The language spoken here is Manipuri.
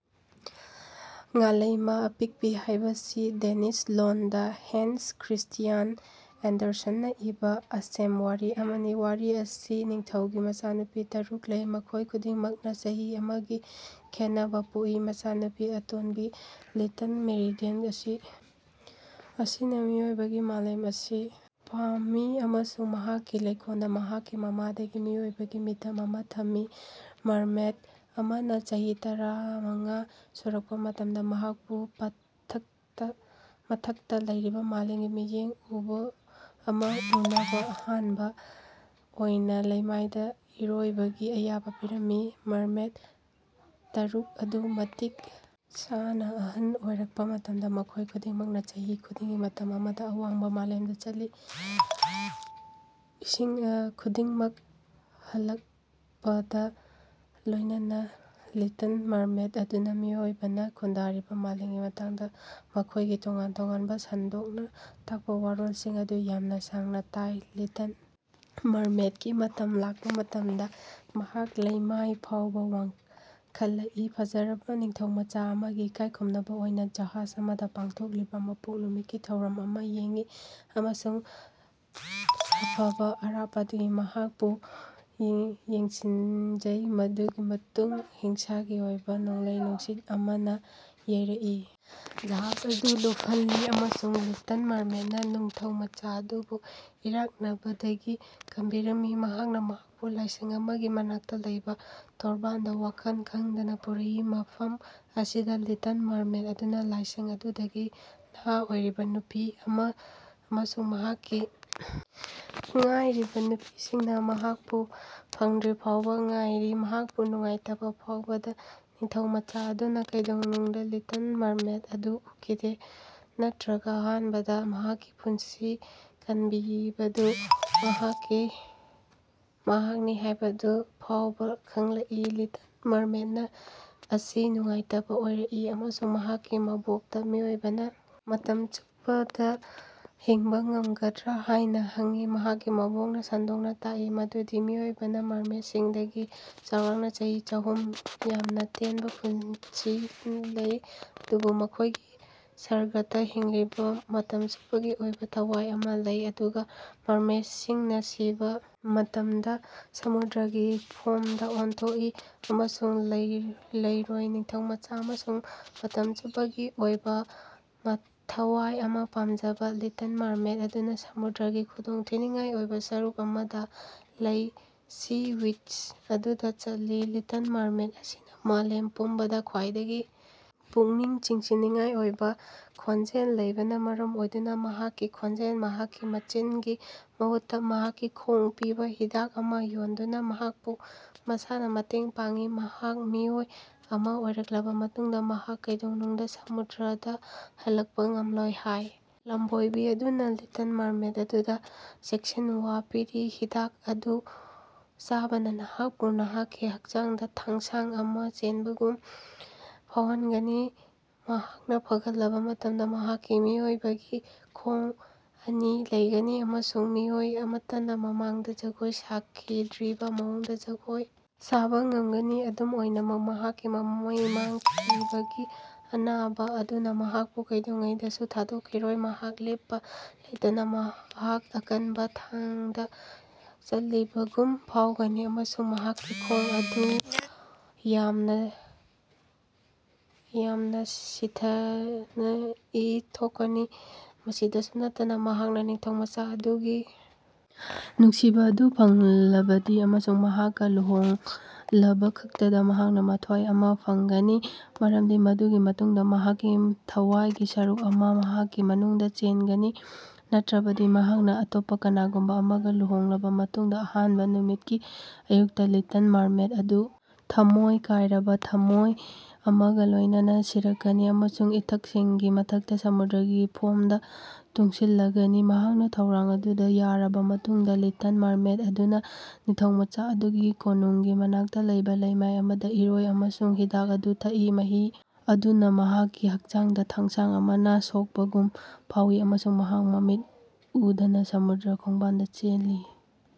ꯉꯥꯂꯩꯃ ꯑꯄꯤꯛꯄꯤ ꯍꯥꯏꯕꯁꯤ ꯗꯦꯅꯤꯁ ꯂꯣꯟꯗ ꯍꯦꯟꯁ ꯈ꯭ꯔꯤꯁ꯭ꯇꯤꯌꯥꯟ ꯑꯦꯟꯗꯔꯁꯟꯅ ꯏꯕ ꯑꯁꯦꯝ ꯋꯥꯔꯤ ꯑꯃꯅꯤ꯫ ꯋꯥꯔꯤ ꯁꯤ ꯅꯤꯡꯊꯧꯒꯤ ꯃꯆꯥꯅꯨꯄꯤ ꯇꯥꯔꯨꯛ ꯂꯩ, ꯃꯈꯣꯏ ꯈꯨꯗꯤꯡꯃꯛꯅ ꯆꯍꯤ ꯑꯃꯒꯤ ꯈꯦꯠꯅꯕ ꯄꯣꯛꯏ꯫ ꯃꯆꯥꯅꯨꯄꯤ ꯑꯇꯣꯟꯕꯤ (ꯂꯤꯇꯜ ꯃꯔꯃꯦꯗ ꯀꯧꯕ) ꯑꯁꯤꯅ ꯃꯤꯑꯣꯏꯕꯒꯤ ꯃꯥꯂꯦꯝ ꯑꯁꯤ ꯄꯥꯝꯃꯤ ꯑꯃꯁꯨꯡ ꯃꯍꯥꯛꯀꯤ ꯂꯩꯀꯣꯜꯗ ꯃꯍꯥꯛꯀꯤ ꯃꯃꯥꯗꯒꯤ ꯃꯤꯑꯣꯏꯕꯒꯤ ꯃꯤꯇꯝ ꯑꯃ ꯊꯝꯃꯤ꯫ ꯃꯔꯃꯦꯗ ꯑꯃꯅ ꯆꯍꯤ ꯇꯔꯥꯃꯉꯥ ꯁꯨꯔꯛꯄ ꯃꯇꯝꯗ, ꯃꯍꯥꯛꯄꯨ ꯃꯊꯛꯇ ꯂꯩꯔꯤꯕ ꯃꯥꯂꯦꯝꯒꯤ ꯃꯤꯠꯌꯦꯡ ꯑꯃ ꯎꯅꯕ ꯑꯍꯥꯟꯕ ꯑꯣꯏꯅ ꯂꯩꯃꯥꯏꯗ ꯏꯔꯣꯏꯕꯒꯤ ꯑꯌꯥꯕ ꯄꯤꯔꯝꯃꯤ꯫ ꯃꯔꯃꯦꯗ ꯇꯥꯔꯨꯛ ꯑꯗꯨ ꯃꯇꯤꯛ ꯆꯥꯅ ꯑꯍꯜ ꯑꯣꯏꯔꯛꯄ ꯃꯇꯝꯗ, ꯃꯈꯣꯏ ꯈꯨꯗꯤꯡꯃꯛꯅ ꯆꯍꯤ ꯈꯨꯗꯤꯡꯒꯤ ꯃꯇꯝ ꯑꯃꯗ ꯑꯋꯥꯡꯕ ꯃꯥꯂꯦꯝꯗ ꯆꯠꯂꯤ꯫ ꯈꯨꯗꯤꯡꯃꯛ ꯍꯜꯂꯛꯄꯒ ꯂꯣꯏꯅꯅ, ꯂꯤꯇꯜ ꯃꯔꯃꯦꯗ ꯑꯗꯨꯅ ꯃꯤꯑꯣꯏꯕꯅ ꯈꯨꯟꯗꯥꯔꯤꯕ ꯃꯥꯂꯦꯝꯒꯤ ꯃꯇꯥꯡꯗ ꯃꯈꯣꯏꯒꯤ ꯇꯣꯉꯥꯟ-ꯇꯣꯉꯥꯟꯕ ꯁꯟꯗꯣꯛꯅ ꯇꯥꯛꯄ ꯋꯥꯔꯣꯜꯁꯤꯡ ꯑꯗꯨ ꯌꯥꯝꯅ ꯁꯥꯡꯅ ꯇꯥꯏ꯫ ꯂꯤꯇꯜ ꯃꯔꯃꯦꯗꯀꯤ ꯃꯇꯝ ꯂꯥꯛꯄ ꯃꯇꯝꯗ, ꯃꯍꯥꯛ ꯂꯩꯃꯥꯏ ꯐꯥꯎꯕ ꯋꯥꯡꯈꯠꯂꯛꯏ, ꯐꯖꯔꯕ ꯅꯤꯡꯊꯧꯃꯆꯥ ꯑꯃꯒꯤ ꯏꯀꯥꯏꯈꯨꯝꯅꯕ ꯑꯣꯏꯅ ꯖꯍꯥꯖ ꯑꯃꯗ ꯄꯥꯡꯊꯣꯛꯂꯤꯕ ꯃꯄꯣꯛ ꯅꯨꯃꯤꯠꯀꯤ ꯊꯧꯔꯝ ꯑꯃ ꯌꯦꯡꯉꯤ, ꯑꯃꯁꯨꯡ ꯁꯥꯐꯕ ꯑꯔꯥꯞꯄꯗꯒꯤ ꯃꯍꯥꯛꯄꯨ ꯌꯦꯡꯁꯤꯡꯖꯩ꯫ ꯃꯗꯨꯒꯤ ꯃꯇꯨꯡꯗ ꯍꯤꯡꯁꯥꯒꯤ ꯑꯣꯏꯕ ꯅꯣꯡꯂꯩ-ꯅꯨꯡꯁꯤꯠ ꯑꯃꯅ ꯌꯩꯔꯛꯏ, ꯖꯍꯥꯖ ꯑꯗꯨ ꯂꯨꯞꯍꯜꯂꯤ, ꯑꯃꯁꯨꯡ ꯂꯤꯇꯜ ꯃꯔꯃꯦꯗꯅ ꯅꯤꯡꯊꯧꯃꯆꯥ ꯑꯗꯨꯕꯨ ꯏꯔꯥꯛꯅꯕꯗꯒꯤ ꯀꯟꯕꯤꯔꯝꯃꯤ꯫ ꯃꯍꯥꯛꯅ ꯃꯍꯥꯛꯄꯨ ꯂꯥꯏꯁꯪ ꯑꯃꯒꯤ ꯃꯅꯥꯛꯇ ꯂꯩꯕ ꯇꯣꯔꯕꯥꯟꯗ ꯋꯥꯈꯜ ꯈꯪꯗꯅ ꯄꯨꯔꯛꯏ꯫ ꯃꯐꯝ ꯑꯁꯤꯗ, ꯂꯤꯇꯜ ꯃꯔꯃꯦꯗ ꯑꯗꯨꯅ ꯂꯥꯏꯁꯪ ꯑꯗꯨꯗꯒꯤ ꯅꯍꯥ ꯑꯣꯏꯔꯤꯕ ꯅꯨꯄꯤ ꯑꯃ ꯑꯃꯁꯨꯡ ꯃꯍꯥꯛꯀꯤ ꯉꯥꯏꯔꯤꯕ ꯅꯨꯄꯤꯁꯤꯡꯅ ꯃꯍꯥꯛꯄꯨ ꯐꯪꯗ꯭ꯔꯤꯐꯥꯎꯕ ꯉꯥꯏꯔꯤ꯫ ꯃꯍꯥꯛꯄꯨ ꯅꯨꯡꯉꯥꯏꯇꯕ ꯐꯥꯎꯕꯗ, ꯅꯤꯡꯊꯧꯃꯆꯥ ꯑꯗꯨꯅ ꯀꯩꯗꯧꯅꯨꯡꯗ ꯂꯤꯇꯜ ꯃꯔꯃꯦꯗ ꯑꯗꯨ ꯎꯈꯤꯗꯦ ꯅꯠꯇ꯭ꯔꯒ ꯑꯍꯥꯟꯕꯗ ꯃꯍꯥꯛꯀꯤ ꯄꯨꯟꯁꯤ ꯀꯟꯈꯤꯕꯗꯨ ꯃꯍꯥꯛꯅꯤ ꯍꯥꯏꯕꯗꯨ ꯐꯥꯎꯕ ꯈꯪꯂꯛꯏ꯫ ꯂꯤꯇꯜ ꯃꯔꯃꯦꯗ ꯑꯁꯤ ꯅꯨꯡꯉꯥꯏꯇꯕ ꯑꯣꯏꯔꯛꯏ ꯑꯃꯁꯨꯡ ꯃꯍꯥꯛꯀꯤ ꯃꯕꯣꯛꯇ ꯃꯤꯑꯣꯏꯕꯅ ꯃꯇꯝ ꯆꯨꯞꯄꯗ ꯍꯤꯡꯕ ꯉꯝꯒꯗ꯭ꯔ ꯍꯥꯏꯅ ꯍꯪꯏ꯫ ꯃꯍꯥꯛꯀꯤ ꯃꯕꯣꯛꯅ ꯁꯟꯗꯣꯛꯅ ꯇꯥꯛꯂꯤ ꯃꯗꯨꯗꯤ ꯃꯤꯑꯣꯏꯕꯅ ꯃꯔꯃꯦꯗꯁꯤꯡꯗꯒꯤ (ꯆꯥꯎꯔꯥꯛꯅ ꯆꯍꯤ ꯆꯥꯍꯨꯝ) ꯌꯥꯝꯅ ꯇꯦꯟꯕ ꯄꯨꯟꯁꯤ ꯂꯩ, ꯑꯗꯨꯕꯨ ꯃꯈꯣꯏꯒꯤ ꯁꯔꯒꯇ ꯍꯤꯡꯂꯤꯕ ꯃꯇꯝ ꯆꯨꯞꯄꯒꯤ ꯑꯣꯏꯕ ꯊꯋꯥꯏ ꯑꯃ ꯂꯩ, ꯑꯗꯨꯒ ꯃꯔꯃꯦꯗꯁꯤꯡꯅ ꯁꯤꯕ ꯃꯇꯝꯗ ꯁꯃꯨꯗ꯭ꯔꯒꯤ ꯐꯣꯝꯗ ꯑꯣꯟꯊꯣꯛꯏ ꯑꯃꯁꯨꯡ ꯂꯩꯔꯣꯏ꯫ ꯅꯤꯡꯊꯧꯃꯆꯥ ꯑꯃꯁꯨꯡ ꯃꯇꯝ ꯆꯨꯞꯄꯒꯤ ꯑꯣꯏꯕ ꯊꯋꯥꯏ ꯑꯃ ꯄꯥꯝꯖꯕ ꯂꯤꯇꯜ ꯃꯔꯃꯦꯗ ꯑꯗꯨꯅ ꯁꯃꯨꯗ꯭ꯔꯒꯤ ꯈꯨꯗꯣꯡꯊꯤꯅꯤꯡꯉꯥꯏ ꯑꯣꯏꯕ ꯁꯔꯨꯛ ꯑꯃꯗ ꯂꯩꯕ ꯁꯤ ꯋꯤꯆ ꯑꯗꯨꯗ ꯆꯠꯂꯤ꯫ ꯂꯤꯇꯜ ꯃꯔꯃꯦꯗ ꯑꯁꯤꯅ ꯃꯥꯂꯦꯝ ꯄꯨꯝꯕꯗ ꯈ꯭ꯋꯥꯏꯗꯒꯤ ꯄꯨꯛꯅꯤꯡ ꯆꯤꯡꯁꯤꯟꯅꯤꯡꯉꯥꯏ ꯑꯣꯏꯕ ꯈꯣꯟꯖꯦꯜ ꯂꯩꯕꯅ ꯃꯔꯝ ꯑꯣꯏꯗꯨꯅ ꯃꯍꯥꯛꯀꯤ ꯈꯣꯟꯖꯦꯜ (ꯃꯍꯥꯛꯀꯤ ꯃꯆꯤꯟ)ꯒꯤ ꯃꯍꯨꯠꯇ ꯃꯍꯥꯛꯀꯤ ꯈꯣꯡ ꯄꯤꯕ ꯍꯤꯗꯥꯛ ꯑꯃ ꯌꯣꯟꯗꯨꯅ ꯃꯍꯥꯛꯄꯨ ꯃꯁꯥꯅ ꯃꯇꯦꯡ ꯄꯥꯡꯉꯤ꯫ ꯃꯍꯥꯛ ꯃꯤꯑꯣꯏ ꯑꯃ ꯑꯣꯏꯔꯛꯂꯕ ꯃꯇꯨꯡꯗ ꯃꯍꯥꯛ ꯀꯩꯗꯧꯅꯨꯡꯗ ꯁꯃꯨꯗ꯭ꯔꯗ ꯍꯜꯂꯛꯄ ꯉꯝꯂꯣꯏ ꯍꯥꯏ ꯂꯝꯕꯣꯏꯕꯤ ꯑꯗꯨꯅ ꯂꯤꯇꯜ ꯃꯔꯃꯦꯗ ꯑꯗꯨꯗ ꯆꯦꯛꯁꯤꯟꯋꯥ ꯄꯤꯔꯤ꯫ ꯍꯤꯗꯥꯛ ꯑꯗꯨ ꯆꯥꯕꯅ ꯃꯍꯥꯛꯄꯨ ꯃꯍꯥꯛꯀꯤ ꯍꯛꯆꯥꯡꯗ ꯊꯥꯡꯁꯥꯡ ꯑꯃ ꯆꯦꯟꯕꯒꯨꯝ ꯐꯥꯎꯍꯟꯒꯅꯤ꯫ ꯃꯍꯥꯛꯅ ꯐꯒꯠꯂꯕ ꯃꯇꯝꯗ, ꯃꯍꯥꯛꯀꯤ ꯃꯤꯑꯣꯏꯕꯒꯤ ꯈꯣꯡ ꯑꯅꯤ ꯂꯩꯒꯅꯤ ꯑꯃꯁꯨꯡ ꯃꯤꯑꯣꯏ ꯑꯃꯠꯇꯅ ꯃꯃꯥꯡꯗ ꯖꯒꯣꯏ ꯁꯥꯈꯤꯗ꯭ꯔꯤꯕ ꯃꯑꯣꯡꯗ ꯖꯒꯣꯏ ꯁꯥꯕ ꯉꯝꯒꯅꯤ ꯑꯗꯨꯝ ꯑꯣꯏꯅꯃꯛ, ꯃꯍꯥꯛꯀꯤ ꯃꯃꯩ ꯃꯥꯡꯈꯤꯕꯒꯤ ꯑꯅꯥꯕ ꯑꯗꯨꯅ ꯃꯍꯥꯛꯄꯨ ꯀꯩꯗꯧꯉꯩꯗꯁꯨ ꯊꯥꯗꯣꯛꯈꯤꯔꯣꯏ ꯃꯍꯥꯛ ꯂꯦꯞꯄ ꯂꯩꯇꯅ ꯃꯍꯥꯛ ꯑꯀꯟꯕ ꯊꯥꯡꯗ ꯆꯠꯂꯤꯕꯒꯨꯝ ꯐꯥꯎꯒꯅꯤ, ꯑꯃꯁꯨꯡ ꯃꯍꯥꯛꯀꯤ ꯈꯣꯡ ꯑꯗꯨ ꯌꯥꯝꯅ ꯁꯥꯊꯤꯅ ꯏ ꯊꯣꯛꯀꯅꯤ꯫ ꯃꯁꯤꯗꯁꯨ ꯅꯠꯇꯅ, ꯃꯍꯥꯛꯅ ꯅꯤꯡꯊꯧꯃꯆꯥ ꯑꯗꯨꯒꯤ ꯅꯨꯡꯁꯤꯕ ꯑꯗꯨ ꯐꯪꯂꯕꯗꯤ ꯑꯃꯁꯨꯡ ꯃꯍꯥꯛꯀ ꯂꯨꯍꯣꯡꯂꯕꯈꯛꯇꯗ ꯃꯍꯥꯛꯅ ꯊꯋꯥꯏ ꯑꯃ ꯐꯪꯒꯅꯤ, ꯃꯔꯝꯗꯤ ꯃꯗꯨꯒꯤ ꯃꯇꯨꯡꯗ ꯃꯍꯥꯛꯀꯤ ꯊꯋꯥꯏꯒꯤ ꯁꯔꯨꯛ ꯑꯃ ꯃꯍꯥꯛꯀꯤ ꯃꯅꯨꯡꯗ ꯆꯦꯟꯒꯅꯤ꯫ ꯅꯠꯇ꯭ꯔꯕꯗꯤ, ꯃꯍꯥꯛꯅ ꯑꯇꯣꯞꯄ ꯀꯅꯥꯒꯨꯝꯕ ꯑꯃꯒ ꯂꯨꯍꯣꯡꯂꯕ ꯃꯇꯨꯡꯗ ꯑꯍꯥꯟꯕ ꯅꯨꯃꯤꯠꯀꯤ ꯑꯌꯨꯛꯇ, ꯂꯤꯇꯜ ꯃꯔꯃꯦꯗ ꯑꯗꯨ ꯊꯃꯣꯏ ꯀꯥꯏꯔꯕ ꯊꯃꯣꯏ ꯑꯃꯒ ꯂꯣꯏꯅꯅ ꯁꯤꯔꯛꯀꯅꯤ ꯑꯃꯁꯨꯡ ꯏꯊꯛꯁꯤꯡꯒꯤ ꯃꯊꯛꯇ ꯁꯃꯨꯗ꯭ꯔꯒꯤ ꯐꯣꯝꯗ ꯇꯨꯡꯁꯤꯜꯂꯒꯅꯤ꯫ ꯃꯍꯥꯛꯅ ꯊꯧꯔꯥꯡ ꯑꯗꯨꯗ ꯌꯥꯔꯕ ꯃꯇꯨꯡꯗ, ꯂꯤꯇꯜ ꯃꯔꯃꯦꯗ ꯑꯗꯨꯅ ꯅꯤꯡꯊꯧꯃꯆꯥ ꯑꯗꯨꯒꯤ ꯀꯣꯅꯨꯡꯒꯤ ꯃꯅꯥꯛꯇ ꯂꯩꯕ ꯂꯩꯃꯥꯏ ꯑꯗꯨꯗ ꯏꯔꯣꯏ ꯑꯃꯁꯨꯡ ꯍꯤꯗꯥꯛ ꯑꯗꯨ ꯊꯛꯏ꯫ ꯃꯍꯤ ꯑꯗꯨꯅ ꯃꯍꯥꯛꯀꯤ ꯍꯛꯆꯥꯡꯗ ꯊꯥꯡꯁꯥꯡ ꯑꯃꯅ ꯁꯣꯛꯄꯒꯨꯝ ꯐꯥꯎꯋꯤ ꯑꯃꯁꯨꯡ ꯃꯍꯥꯛ ꯃꯃꯤꯠ ꯎꯗꯅ ꯁꯃꯨꯗ꯭ꯔ ꯈꯣꯡꯕꯥꯜꯗ ꯆꯦꯜꯂꯤ꯫